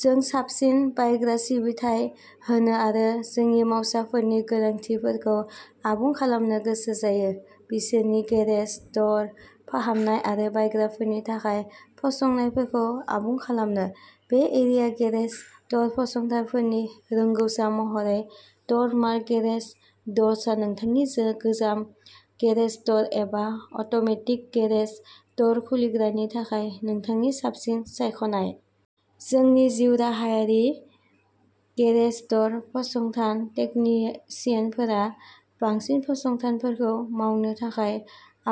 जों साबसिन बायग्रा सिबिथाइ होनो आरो जोंनि मावसाफोरनि गोनांथिफोरखौ आबुं खालामनो गोसो होयो, बिसोरनि गेरेज द'र फाहामनाय आरो बायग्राफोरनि थाखाय फसंनायफोरखौ आबुं खालामनो। बे एरिया गेरेज द'र फसंथायफोरनि रोंग'सा महरै, द'र-मार्ट गेरेज द'र्सआ नोंथांनि गोजाम गेरेज द'र एबा अट'मेटिक गेरेज द'र खुलिग्रानि थाखाय नोंथांनि साबसिन सायख'नाय। जोंनि जिउराहायारि गेरेज द'र फसंथाय टेकनिसियानफोरा बांसिन फसंथायफोरखौ मावनो थाखाय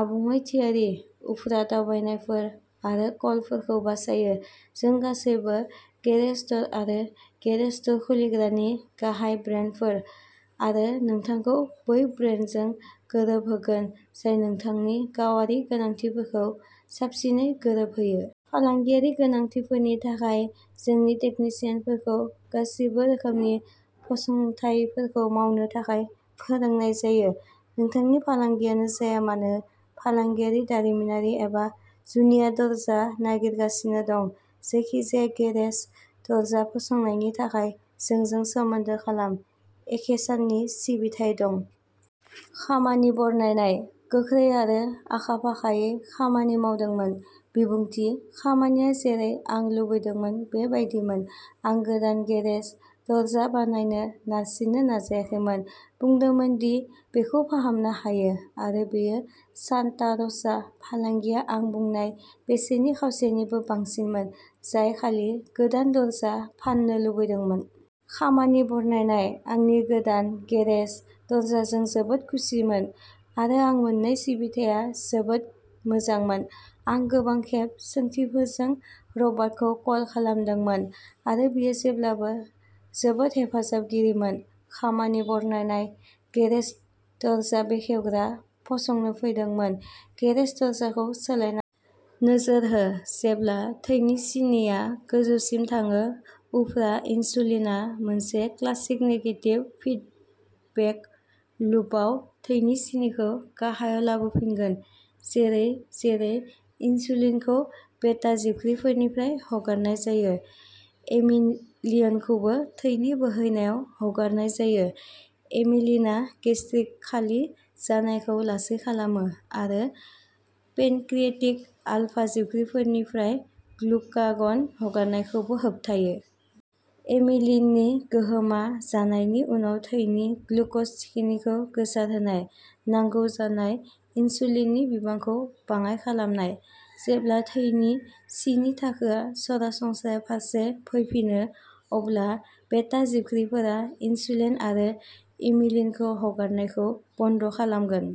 आबुङै थियारि, उफ्रा दावबायनायफोर आरो कलफोरखौ बासायो। जों गासैबो गेरेज द'र आरो गेरेज द'र खुलिग्रानि गाहाय ब्रान्डफोर आरो नोंथांखौ बै ब्रान्डजों गोरोबहोगोन जाय नोंथांनि गावारि गोनांथिफोरखौ साबसिनै गोरोबहोयो। फालांगियारि गोनांथिफोरनि थाखाय, जोंनि टेकनिसियानफोरखौ गासिबो रोखोमनि फसंथायफोरखौ मावनो थाखाय फोरोंनाय जायो, नोंथांनि फालांगियानो जाया मानो। फालांगियारि, दारिमिनारि एबा जुनिया दरजा नागिरगासिनो दं। जायखिजाया गेरेज दरजा फसंनायनि थाखाय जोंजों सोमोन्दो खालाम-एखे साननि सिबिथाइ दं! खामानि बरनायनायः गोख्रै आरो आखा-फाखायै खामानि मावदोंमोन। बिबुंथिः खामानिया जेरै आं लुबैदोंमोन बे बायदिनोमोन। आं गोदान गेरेज दरजा बायनो नारसिननो नाजाखैमोन, बुंदोंमोन दि बेखौ फाहामनो हायो, आरो बेयो सान्ता र'सा फालांगिया आं बुंनाय बेसेननि खावसेनिबो बांसिनमोन जाय खालि गोदान दरजा फाननो लुबैदोंमोन। खामानि बरनायनायः आंनि गोदान गेरेज दरजाजों जोबोद खुसिमोन आरो आं मोन्नाय सिबिथाया जोबोद मोजांमोन। आं गोबां खेब सोंथिफोरजों रबार्टखौ कल खालामदोंमोन आरो बियो जेब्लाबो जोबोद हेफाजाबगिरिमोन। खामानि बरनायनायः गेरेज दरजा बेखेवग्रा फसंनो फैदोंमोन, गेरेज दरजाखौ सोलायनांगौमोन। नोजोर हो जेब्ला थैनि सिनिआ गोजौसिम थाङो, उफ्रा इनसुलिनआ मोनसे क्लासिक नेगेटिभ फिडबेक लुपआव थैनि सिनिखौ गाहायाव लाबोफिनगोन। जेरै-जेरै इनसुलिनखौ बेटा जिबख्रिफोरनिफ्राय हगारनाय जायो, एमिलिनखौबो थैनि बोहैनायाव हगारनाय जायो। एमिलिनआ गेस्ट्रिक खालि जानायखौ लासै खालामो, आरो पेनक्रिएटिक आलफा जिबख्रिफोरनिफ्राय ग्लुकागन हगारनायखौबो होबथायो। एमिलिननि गोहोमा जानायनि उनाव थैनि ग्लुकज थिखिनिखौ गोसारहोनाय, नांगौ जानाय इनसुलिननि बिबांखौ बाङाइ खालामनाय। जेब्ला थैनि सिनि थाखोआ सरासनस्रा फारसे फैफिनो, अब्ला बेटा जिबख्रिफोरा इनसुलिन आरो एमिलिनखौ हगारनायखौ बन्द'खालामगोन।